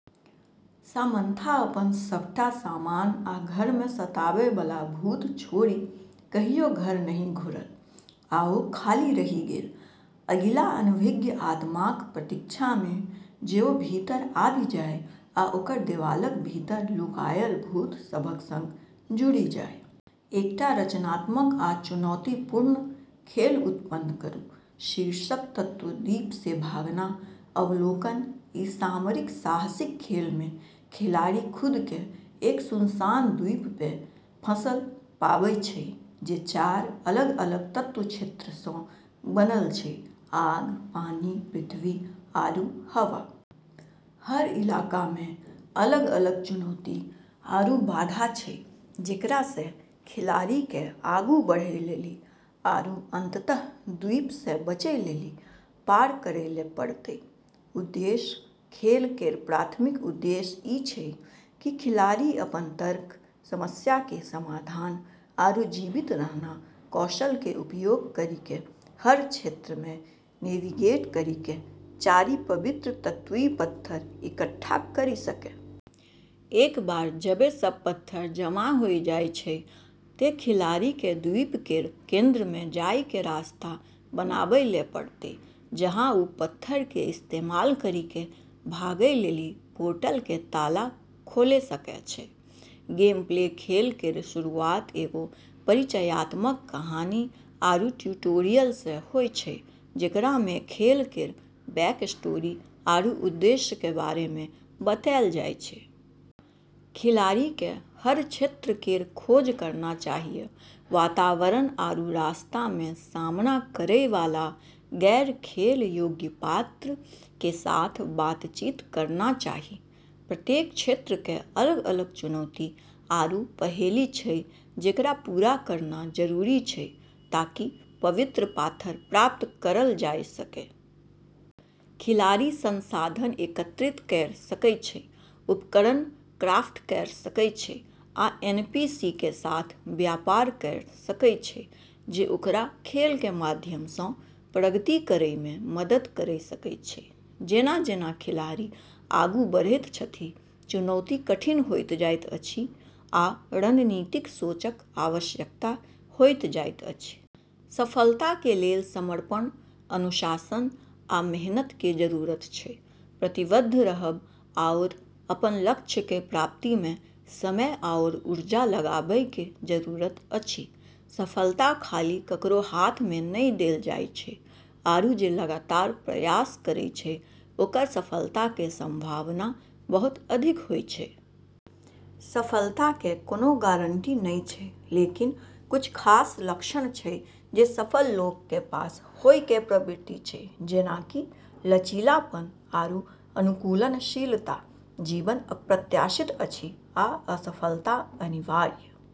Samantha अपन सभटा सामान आ घर मे सताबय बला भूत छोड़ि कहियो घर नहि घुरल। आ ओ खाली रहि गेल, अगिला अनभिज्ञ आत्माक प्रतीक्षा मे जे ओ भीतर आबि जाय आ ओकर देबालक भीतर लुकायल भूत सभक संग जुड़ि जाय। एकटा रचनात्मक आ चुनौतीपूर्ण खेल उत्पन्न करू। शीर्षक तत्व द्वीप से भागना अवलोकन ई सामरिक साहसिक खेल मे खिलाड़ी खुद के एक सुनसान द्वीप पे फंसलऽ पाबै छै जे चार अलग-अलग तत्व क्षेत्रऽ स॑ बनलऽ छै, आग, पानी, पृथ्वी, आरू हवा। हर इलाका मे अलग-अलग चुनौती आरू बाधा छै जेकरा से खिलाड़ी के आगू बढ़ै लेली आरू अंततः द्वीप से बचै लेली पार करै ले पड़तै। उद्देश्य खेल केरऽ प्राथमिक उद्देश्य ई छै कि खिलाड़ी अपनऽ तर्क, समस्या के समाधान आरू जीवित रहना कौशल के उपयोग करी के हर क्षेत्र मे नेविगेट करी के चारि पवित्र तत्वीय पत्थर इकट्ठा करी सके। एक बार जबे सब पत्थर जमा होय जाय छै ते खिलाड़ी के द्वीप केरऽ केंद्र मे जाय के रास्ता बनाबै ले पड़तै, जहां उ पत्थरऽ के इस्तेमाल करी के भागै लेली पोर्टल के ताला खोले सकै छै, गेमप्ले खेल केरऽ शुरुआत एगो परिचयात्मक कहानी आरू ट्यूटोरियल से होय छै जेकरा मे खेल केरऽ बैकस्टोरी आरू उद्देश्य के बारे मे बतैलऽ जाय छै। खिलाड़ी के हर क्षेत्र केरऽ खोज करना चाहियऽ, वातावरण आरू रास्ता मे सामना करै वाला गैर-खेल योग्य पात्र (एनपीसी) के साथ बातचीत करना चाहि। प्रत्येक क्षेत्र के अलग-अलग चुनौती आरू पहेली छै जेकरा पूरा करना जरूरी छै ताकि पवित्र पाथर प्राप्त करलऽ जाय सके। खिलाड़ी संसाधन एकत्रित कयर सकय छै, उपकरण क्राफ्ट कयर सकय छै आ एनपीसी कें साथ व्यापार कयर सकय छै जे ओकरा खेल कें माध्यम सं प्रगति करय मे मदद करय सकय छै जेना-जेना खिलाड़ी आगू बढ़ैत छथि, चुनौती कठिन होइत जाइत अछि आ रणनीतिक सोचक आवश्यकता होइत जाइत अछि। सफलता के लेल समर्पण, अनुशासन आ मेहनत के जरूरत छै। प्रतिबद्ध रहब आओर अपन लक्ष्य के प्राप्ति मे समय आओर ऊर्जा लगाबय के जरूरत अछि, सफलता खाली ककरो हाथ में नै देलऽ जाय छै आरू जे लगातार प्रयास करै छै ओकरऽ सफलता के संभावना बहुत अधिक होय छै। सफलता के कोनो गारंटी नै छै लेकिन कुछ खास लक्षण छै जे सफल लोगऽ के पास होय के प्रवृत्ति छै जेना कि लचीलापन आरू अनुकूलनशीलता, जीवन अप्रत्याशित अछि आ असफलता अनिवार्य।